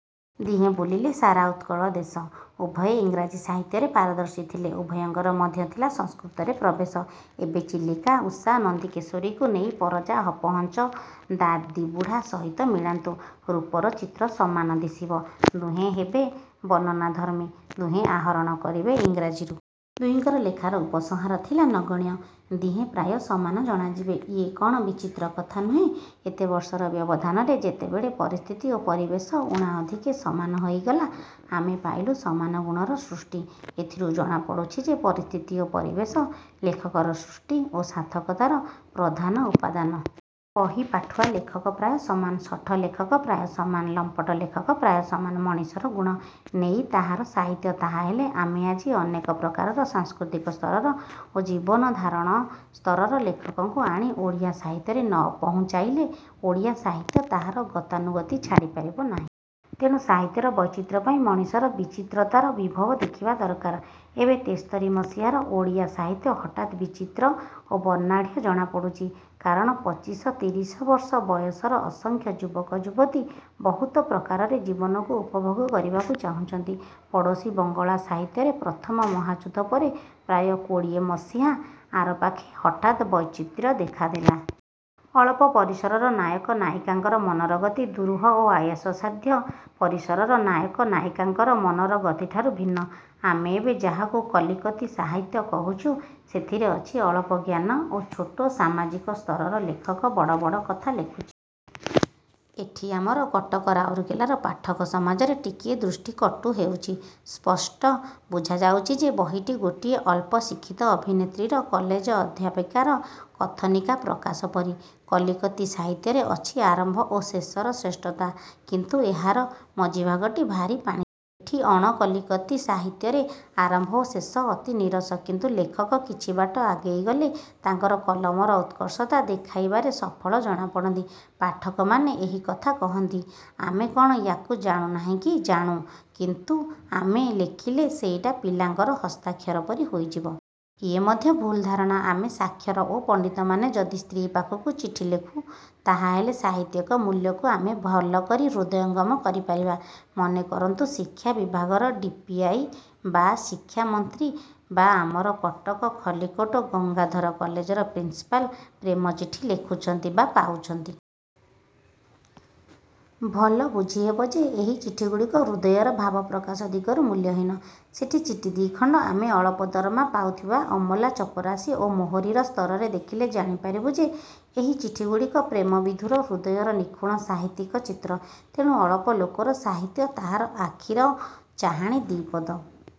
ଦିହେଁ ବୁଲିଲେ ସାରା ଉତ୍କଳ ଦେଶ। ଉଭୟେ ଇଂରାଜୀ ସାହିତ୍ୟରେ ପାରଦର୍ଶୀ ଥିଲେ। ଉଭୟଙ୍କର ମଧ୍ୟ ଥିଲା ସଂସ୍କୃତରେ ପ୍ରବେଶ। ଏବେ ଚିଲିକା, ଉଷା, ନନ୍ଦିକେଶ୍ୱରୀକୁ ନେଇ ପରଜା, ଅପହଞ୍ଚ, ଦାଦିବୁଢ଼ା ସହିତ ମିଳାନ୍ତୁ। ରୂପର ଚିତ୍ର ସମାନ ଦିଶିବ। ଦୁହେଁ ହେବେ ବର୍ଣ୍ଣନାଧର୍ମୀ। ଦୁହେଁ ଆହରଣ କରିବେ ଇଂରାଜୀରୁ। ଦୁହିଁଙ୍କର ଲେଖାର ଉପସଂହାର ଥିବ ନଗଣ୍ୟ। ଦିହେଁ ପ୍ରାୟ ସମାନ ଜଣାଯିବେ। ଇଏ କ'ଣ ବିଚିତ୍ର କଥା ନୁହେଁ? ଏତେ ବର୍ଷର ବ୍ୟବଧାନରେ ଯେତେବେଳେ ପରିସ୍ଥିତି ଓ ପରିବେଶ ଊଣା ଅଧିକେ ସମାନ ହୋଇଗଲା ଆମେ ପାଇଲୁ ସମାନ ଗୁଣର ସୃଷ୍ଟି। ଏଥିରୁ ଜଣାପଡ଼ୁଛି ଯେ ପରିସ୍ଥିତି ଓ ପରିବେଶ ଲେଖକର ସୃଷ୍ଟି ଓ ସାର୍ଥକତାର ପ୍ରଧାନ ଉପାଦାନ। ବହି-ପାଠୁଆ ଲେଖକ ପ୍ରାୟ ସମାନ। ଶଠ-ଲେଖକ ପ୍ରାୟ ସମାନ। ଲମ୍ପଟ-ଲେଖକ ପ୍ରାୟ ସମାନ। ମଣିଷର ଗୁଣ। ନେଇ ତାହାର ସାହିତ୍ୟ। ତାହାହେଲେ ଆମେ ଆଜି ଅନେକ ପ୍ରକାରର ସାଂସ୍କୃତିକ ସ୍ତରର ଓ ଜୀବନଧାରଣ ସ୍ତରର ଲେଖକଙ୍କୁ ଆଣି ଓଡ଼ିଆ ସାହିତ୍ୟରେ ନ ପହୁଞ୍ଚାଇଲେ ଓଡ଼ିଆ ସାହିତ୍ୟ ତାହାର ଗତାନୁଗତି ଛାଡ଼ି ପାରିବ ନାହିଁ। ତେଣୁ ସାହିତ୍ୟର ବୈଚିତ୍ର୍ୟ ପାଇଁ ମଣିଷର ବିଚିତ୍ରତାର ବିଭବ ଦେଖିବା ଦରକାର। ଏବେ ତେସ୍ତରୀ ମସିହାର ଓଡ଼ିଆ ସାହିତ୍ୟ ହଠାତ୍ ବିଚିତ୍ର ଓ ବର୍ଣ୍ଣାଢ୍ୟ ଜଣାପଡ଼ୁଛି। କାରଣ ପଚିଶ ତିରିଶବର୍ଷ ବୟସର ଅସଂଖ୍ୟ ଯୁବକ ଯୁବତୀ ବହୁତ ପ୍ରକାରରେ ଜୀବନକୁ ଉପଭୋଗ କରିବାକୁ ଚାହୁଁଛନ୍ତି। ପଡ଼ୋଶୀ ବଙ୍ଗଳା ସାହିତ୍ୟରେ ପ୍ରଥମ ମହାଯୁଦ୍ଧ ପରେ ପ୍ରାୟ କୋଡ଼ିଏମସିହା ଆରପାଖେ ହଠାତ୍ ବୈଚିତ୍ର୍ୟ ଦେଖା ଦେଲା। ଅଳପ ପରିସରର ନାୟକ ନାୟିକାଙ୍କର ମନର ଗତି ଦୁରୂହ ଓ ଆୟାସସାଧ୍ୟ ପରିସରର ନାୟକ ନାୟିକାଙ୍କର ମନର ଗତିଠାରୁ ଭିନ୍ନ। ଆମେ ଏବେ ଯାହାକୁ କଲିକତି ସାହିତ୍ୟ କହୁଛୁ ସେଥିରେ ଅଛି ଅଳପ ଜ୍ଞାନ ଓ ଛୋଟ ସାମାଜିକ ସ୍ତରର ଲେଖକ ବଡ଼ବଡ଼ କଥା ଲେଖୁଛି। ଏଠି ଆମର କଟକ ରାଉରକେଲାର ପାଠକ ସମାଜରେ ଟିକିଏ ଦୃଷ୍ଟିକଟୁ ହେଉଛି। ସ୍ପଷ୍ଟ ବୁଝାଯାଉଛି ଯେ ବହିଟି ଗୋଟିଏ ଅଳ୍ପ ଶିକ୍ଷିତ ଅଭିନେତ୍ରୀର କଲେଜ ଅଧ୍ୟାପିକାର କଥନିକା ପ୍ରକାଶ ପରି। କଲିକତି ସାହିତ୍ୟରେ ଅଛି ଆରମ୍ଭ ଓ ଶେଷର ଶ୍ରେଷ୍ଠତା। କିନ୍ତୁ ଏହାର ମଝିଭାଗଟି ଭାରି ପାଣିଚିଆ। ଏଠି ଅଣ-କଲିକତି ସାହିତ୍ୟରେ ଆରମ୍ଭ ଓ ଶେଷ ଅତି ନିରସ। କିନ୍ତୁ ଲେଖକ କିଛି ବାଟ ଆଗେଇ ଗଲେ ତାଙ୍କର କଲମର ଉତ୍କର୍ଷତା ଦେଖାଇବାରେ ସଫଳ ଜଣାପଡ଼ନ୍ତି। ପାଠକମାନେ ଏହି କଥା କହନ୍ତି। -ଆମେ କ'ଣ ୟା'କୁ ଜାଣୁ ନାହିଁ କି? -ଜାଣୁ। କିନ୍ତୁ ଆମେ ଲେଖିଲେ ସେଇଟା ପିଲାଙ୍କର ହସ୍ତାକ୍ଷର ପରି ହୋଇଯିବ। ଇଏ ମଧ୍ୟ ଭୁଲ୍ ଧାରଣା- ଆମେ ସାକ୍ଷର ଓ ପଣ୍ତିତମାନେ ଯଦି ସ୍ତ୍ରୀ' ପାଖକୁ ଚିଠି ଲେଖୁ ତାହାହେଲେ ସାହିତ୍ୟିକ ମୂଲ୍ୟକୁ ଆମେ ଭଲ କରି ହୃଦୟଙ୍ଗମ କରିପାରିବା। ମନେ କରନ୍ତୁ ଶିକ୍ଷା ବିଭାଗର ଡି. ପି. ଆଇ. ବା ଶିକ୍ଷା ମନ୍ତ୍ରୀ ବା ଆମର କଟକ, ଖଲିକୋଟ, ଗଙ୍ଗାଧର କଲେଜର ପ୍ରିନିସ୍ପାଲ ପ୍ରେମ ଚିଠି ଲେଖୁଛନ୍ତି ବା ପାଉଛନ୍ତି। ଭଲ ବୁଝିହେବ ଯେ ଏହି ଚିଠିଗୁଡ଼ିକ ହୃଦୟର ଭାବ ପ୍ରକାଶ ଦିଗରୁ ମୂଲ୍ୟହୀନ। ସେହି ଚିଠି ଦି'ଖଣ୍ତ ଆମେ ଅଳପ ଦରମା ପାଉଥିବା ଅମଲା, ଚପରାସି ଓ ମୋହରିର ସ୍ତରରେ ଦେଖିଲେ ଜାଣିପାରିବୁ ଯେ ଏହି ଚିଠିଗୁଡ଼ିକ ପ୍ରେମବିଧୁର ହୃଦୟର ନିଖୁଣ ସାହିତ୍ୟିକ ଚିତ୍ର। ତେଣୁ ଅଳପ ଲୋକର ସାହିତ୍ୟ ତାହାର ଆଖିର ଚାହାଣୀ, ଦି'ପଦ